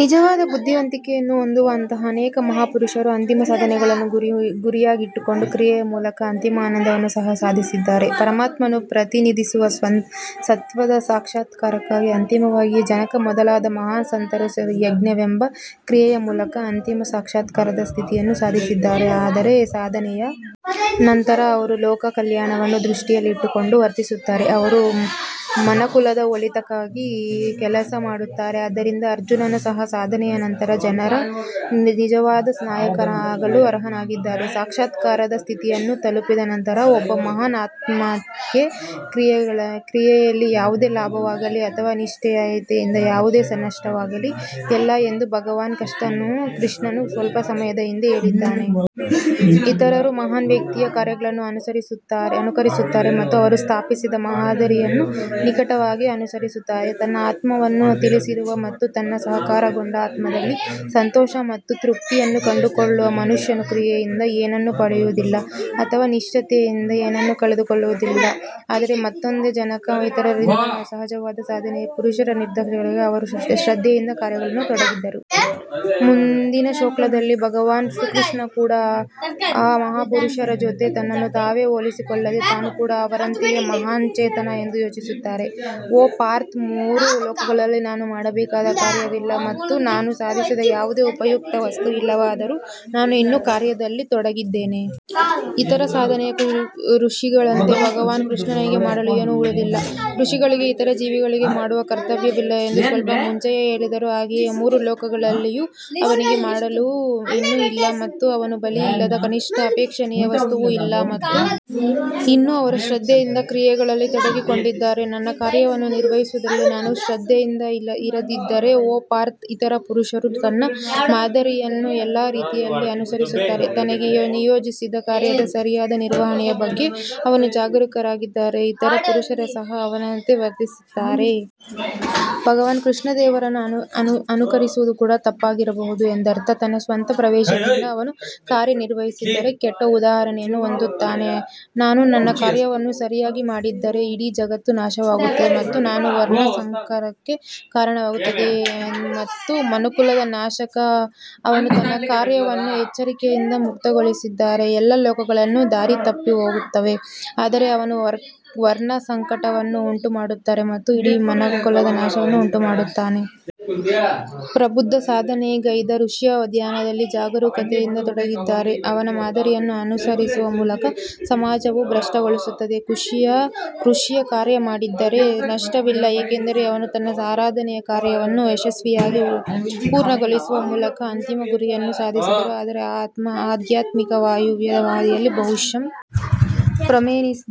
ನಿಜವಾದ ಬುದ್ಧಿವಂತಿಕೆಯನ್ನು ಹೊಂದಿರುವ ಅಂತಹ ಅನೇಕ ಮಹಾಪುರುಷರು ಅಂತಿಮ ಸಾಧನೆಯನ್ನು ಗುರಿಯಾಗಿಟ್ಟುಕೊಂಡು ಕ್ರಿಯೆಯ ಮೂಲಕ ಅಂತಿಮ ಆನಂದವನ್ನು ಸಹ ಸಾಧಿಸಿದ್ದಾರೆ. ಪರಮಾತ್ಮನು ಪ್ರತಿನಿಧಿಸುವ ಸತ್ವದ ಸಾಕ್ಷಾತ್ಕಾರಕ್ಕಾಗಿ ಅಂತಿಮವಾಗಿದೆ ಜನಕ ಮೊದಲಾದ ಮಹಾನ್ ಸಂತರು ಯಜ್ಞವೆಂಬ ಕ್ರಿಯೆಯ ಮೂಲಕ ಅಂತಿಮ ಸಾಕ್ಷಾತ್ಕಾರದ ಸ್ಥಿತಿಯನ್ನು ಸಾಧಿಸಿದ್ದಾರೆ. ಆದರೆ ಸಾಧನೆಯ ನಂತರ ಅವರು ಲೋಕಕಲ್ಯಾಣವನ್ನು ದೃಷ್ಟಿಯಲ್ಲಿಟ್ಟುಕೊಂಡು ವರ್ತಿಸುತ್ತಾರೆ ಅವರು ಮನುಕುಲದ ಒಳಿತಿಗಾಗಿ ಕೆಲಸ ಮಾಡುತ್ತಾರೆ ಆದ್ದರಿಂದ ಅರ್ಜುನನು ಸಹ ಸಾಧನೆಯ ನಂತರ ಜನರ ನಿಜವಾದ ನಾಯಕನಾಗಲು ಅರ್ಹನಾಗಿದ್ದಾನೆ ಸಾಕ್ಷಾತ್ಕಾರದ ಸ್ಥಿತಿಯನ್ನು ತಲುಪಿದ ನಂತರ ಒಬ್ಬ ಮಹಾನ್ ಆತ್ಮಕ್ಕೆ ಕ್ರಿಯೆಯಲ್ಲಿ ಯಾವುದೇ ಲಾಭವಾಗಲೀ ಅಥವಾ ನಿಷ್ಕ್ರಿಯತೆಯಿಂದ ಯಾವುದೇ ನಷ್ಟವಾಗಲೀ ಇಲ್ಲ ಎಂದು ಭಗವಾನ್ ಕೃಷ್ಣನು ಸ್ವಲ್ಪ ಸಮಯದ ಹಿಂದೆ ಹೇಳಿದ್ದಾನೆ. ಇತರರು ಮಹಾನ್ ವ್ಯಕ್ತಿಯ ಕಾರ್ಯಗಳನ್ನು ಅನುಕರಿಸುತ್ತಾರೆ ಮತ್ತು ಅವರು ಸ್ಥಾಪಿಸಿದ ಮಾದರಿಯನ್ನು ನಿಕಟವಾಗಿ ಅನುಸರಿಸುತ್ತಾರೆ ತನ್ನ ಆತ್ಮವನ್ನು ತಿಳಿದಿರುವ ಮತ್ತು ತನ್ನ ಸಾಕಾರಗೊಂಡ ಆತ್ಮದಲ್ಲಿ ಸಂತೋಷ ಮತ್ತು ತೃಪ್ತಿಯನ್ನು ಕಂಡುಕೊಳ್ಳುವ ಮನುಷ್ಯನು ಕ್ರಿಯೆಯಿಂದ ಏನನ್ನೂ ಪಡೆಯುವುದಿಲ್ಲ ಅಥವಾ ನಿಷ್ಕ್ರಿಯತೆಯಿಂದ ಏನನ್ನೂ ಕಳೆದುಕೊಳ್ಳುವುದಿಲ್ಲ. ಆದರೆ ಮತ್ತೊಂದೆಡೆ, ಜನಕ ಮತ್ತು ಇತರರಂತಹ ನಿಜವಾದ ಸಾಧನೆಯ ಪುರುಷರ ನಿದರ್ಶನಗಳಿವೆ, ಅವರು ಶ್ರದ್ಧೆಯಿಂದ ಕಾರ್ಯದಲ್ಲಿ ತೊಡಗಿದ್ದರು. ಮುಂದಿನ ಶ್ಲೋಕದಲ್ಲಿ ಭಗವಾನ್ ಶ್ರೀಕೃಷ್ಣನು ಕೂಡ ಆ ಮಹಾಪುರುಷರ ಜೊತೆ ತನ್ನನ್ನು ತಾವೇ ಹೋಲಿಸಿಕೊಳ್ಳದೆ ನಾನು ಕೂಡ ಅವರಂತೆಯೇ ಮಹಾನ್ ಚೇತನ ಎಂದು ಸೂಚಿಸುತ್ತಾನೆ. ಓ ಪಾರ್ಥ್ ಮೂರು ಲೋಕಗಳಲ್ಲಿ ನಾನು ಮಾಡಬೇಕಾದ ಕಾರ್ಯವಿಲ್ಲ ಮತ್ತು ನಾನು ಸಾಧಿಸದ ಯಾವುದೇ ಉಪಯುಕ್ತ ವಸ್ತು ಇಲ್ಲವಾದರೂ ನಾನು ಇನ್ನೂ ಕಾರ್ಯದಲ್ಲಿ ತೊಡಗಿದ್ದೇನೆ. ಇತರ ಸಾಧನೆಯ ಋಷಿಗಳಂತೆ ಭಗವಾನ್ ಶ್ರೀಕೃಷ್ಣನಿಗೆ ಮಾಡಲು ಏನೂ ಉಳಿದಿಲ್ಲ ಋಷಿಗಳಿಗೆ ಇತರ ಜೀವಿಗಳಿಗೆ ಮಾಡುವ ಕರ್ತವ್ಯವಿಲ್ಲ ಎಂದು ಸ್ವಲ್ಪ ಮುಂಚೆಯೇ ಹೇಳಿದರು ಹಾಗೆಯೇ ಮೂರು ಲೋಕಗಳಲ್ಲಿಯೂ ಅವನಿಗೆ ಮಾಡಲು ಏನೂ ಇಲ್ಲ ಮತ್ತು ಅವನ ಬಳಿ ಇಲ್ಲದ ಕನಿಷ್ಠ ಅಪೇಕ್ಷಣೀಯ ವಸ್ತುವೂ ಇಲ್ಲ. ಮತ್ತು ಇನ್ನೂ ಅವರು ಶ್ರದ್ಧೆಯಿಂದ ಕ್ರಿಯೆಯಲ್ಲಿ ತೊಡಗಿಸಿಕೊಂಡಿದ್ದಾರೆ ನನ್ನ ಕಾರ್ಯವನ್ನು ನಿರ್ವಹಿಸುವಲ್ಲಿ ನಾನು ಶ್ರದ್ಧೆಯಿಂದ ಇರದಿದ್ದರೆ ಓ ಪಾರ್ಥ್ ಇತರ ಪುರುಷರು ನನ್ನ ಮಾದರಿಯನ್ನು ಎಲ್ಲಾ ರೀತಿಯಲ್ಲಿ ಅನುಸರಿಸುತ್ತಾರೆ ತನಗೆ ನಿಯೋಜಿತ ಕಾರ್ಯದ ಸರಿಯಾದ ನಿರ್ವಹಣೆಯ ಬಗ್ಗೆ ಅವನು ಜಾಗರೂಕರಾಗಿರದಿದ್ದರೆ ಇತರ ಪುರುಷರು ಸಹ ಅವನಂತೆ ವರ್ತಿಸುತ್ತಾರೆ ಭಗವಾನ್ ಕೃಷ್ಣ ದೇವರನ್ನು ಅನುಕರಿಸುವುದು ಕೂಡ ತಪ್ಪಾಗಿರಬಹುದು ಎಂದರ್ಥ ತನ್ನ ಸ್ವಂತ ಪ್ರವೇಶದಿಂದ ಅವನು ಕಾರ್ಯನಿರ್ವಹಿಸದಿದ್ದರೆ ಕೆಟ್ಟ ಉದಾಹರಣೆಯನ್ನು ಹೊಂದಿಸುತ್ತಾನೆ ನಾನು ನನ್ನ ಕಾರ್ಯವನ್ನು ಸರಿಯಾಗಿ ಮಾಡದಿದ್ದರೆ ಇಡೀ ಜಗತ್ತು ನಾಶವಾಗುತ್ತದೆ ಮತ್ತು ನಾನು ವರ್ಣಸಂಕರಕ್ಕೆ ಕಾರಣವಾಗುತ್ತೇನೆ ಮತ್ತು ಮನುಕುಲದ ನಾಶಕ ಅವನು ತನ್ನ ಕಾರ್ಯವನ್ನು ಎಚ್ಚರಿಕೆಯಿಂದ ಮುಕ್ತಗೊಳಿಸದಿದ್ದರೆ, ಎಲ್ಲಾ ಲೋಕಗಳು ದಾರಿತಪ್ಪಿ ಹೋಗುತ್ತವೆ, ಆದರೆ ಅವನು ವರ್ಣಸಂಕಟವನ್ನು ಉಂಟುಮಾಡುತ್ತಾನೆ ಮತ್ತು ಇಡೀ ಮನುಕುಲದ ನಾಶವನ್ನು ಉಂಟುಮಾಡುತ್ತಾನೆ. ಪ್ರಬುದ್ಧ ಸಾಧನೆಗೈದ ಋಷಿಯು ಧ್ಯಾನದಲ್ಲಿ ಜಾಗರೂಕತೆಯಿಂದ ತೊಡಗದಿದ್ದರೆ ಅವನ ಮಾದರಿಯನ್ನು ಅನುಕರಿಸುವ ಮೂಲಕ ಸಮಾಜವು ಭ್ರಷ್ಟಗೊಳ್ಳುತ್ತದೆ. ಋಷಿಯು ಕಾರ್ಯ ಮಾಡದಿದ್ದರೆ ನಷ್ಟವಿಲ್ಲ ಏಕೆಂದರೆ ಅವನು ತನ್ನ ಆರಾಧನೆಯ ಕಾರ್ಯವನ್ನು ಯಶಸ್ವಿಯಾಗಿ ಪೂರ್ಣಗೊಳಿಸುವ ಮೂಲಕ ಅಂತಿಮ ಗುರಿಯನ್ನು ಸಾಧಿಸಿದನು. ಆದರೆ ಈ ಆಧ್ಯಾತ್ಮಿಕ ವ್ಯಾಯಾಮದ ಹಾದಿಯಲ್ಲಿ ಬಹುಶಃ ಭ್ರಮನಿರಸನಗೊಂಡ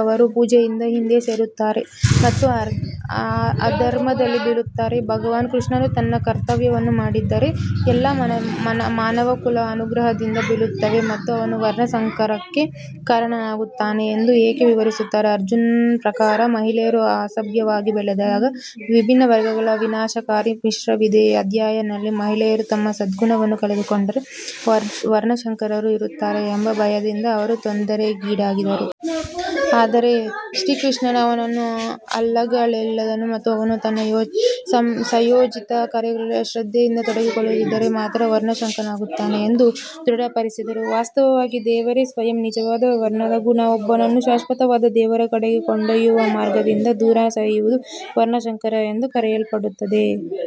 ಅವರು ಪೂಜೆಯಿಂದ ಹಿಂದೆ ಸರಿಯುತ್ತಾರೆ ಮತ್ತು ಅಧರ್ಮದಲ್ಲಿ ಬೀಳುತ್ತಾರೆ ಭಗವಾನ್ ಕೃಷ್ಣನು ತನ್ನ ಕರ್ತವ್ಯವನ್ನು ಮಾಡದಿದ್ದರೆ ಎಲ್ಲಾ ಮಾನವಕುಲವು ಅನುಗ್ರಹದಿಂದ ಬೀಳುತ್ತದೆ ಮತ್ತು ಅವನು ವರ್ಣಸಂಕರಕ್ಕೆ ಕಾರಣನಾಗುತ್ತಾನೆ ಎಂದು ಏಕೆ ವಿವರಿಸುತ್ತದೆ. ಅರ್ಜುನ್ ಪ್ರಕಾರ, ಮಹಿಳೆಯರು ಅಸಭ್ಯವಾಗಿ ಬೆಳೆದಾಗ ವಿಭಿನ್ನ ವರ್ಗಗಳ ವಿನಾಶಕಾರಿ ಮಿಶ್ರಣವಿದೆ ಅಧ್ಯಾಯ ನಲ್ಲಿ ಮಹಿಳೆಯರು ತಮ್ಮ ಸದ್ಗುಣವನ್ನು ಕಳೆದುಕೊಂಡರೆ ವರ್ಣಶಂಕರರು ಇರುತ್ತಾರೆ ಎಂಬ ಭಯದಿಂದ ಅವರು ತೊಂದರೆಗೀಡಾದರು. ಆದರೆ ಶ್ರೀಕೃಷ್ಣನು ಅವನನ್ನು ಅಲ್ಲಗಳೆದನು ಮತ್ತು ಅವನು ತನ್ನ ನಿಯೋಜಿತ ಕಾರ್ಯದಲ್ಲಿ ಶ್ರದ್ಧೆಯಿಂದ ತೊಡಗಿಸಿಕೊಳ್ಳದಿದ್ದರೆ ಮಾತ್ರ ವರ್ಣಶಂಕರನಾಗುತ್ತಾನೆ ಎಂದು ದೃಢಪಡಿಸಿದನು. ವಾಸ್ತವವಾಗಿ ದೇವರೇ ಸ್ವಯಂ ನಿಜವಾದ ವರ್ಣದ ಗುಣ ಒಬ್ಬನನ್ನು ಶಾಶ್ವತವಾದ ದೇವರ ಕಡೆಗೆ ಕೊಂಡೊಯ್ಯುವ ಮಾರ್ಗದಿಂದ ದೂರ ಸರಿಯುವುದು ವರ್ಣಶಂಕರ ಎಂದು ಕರೆಯಲ್ಪಡುತ್ತದೆ.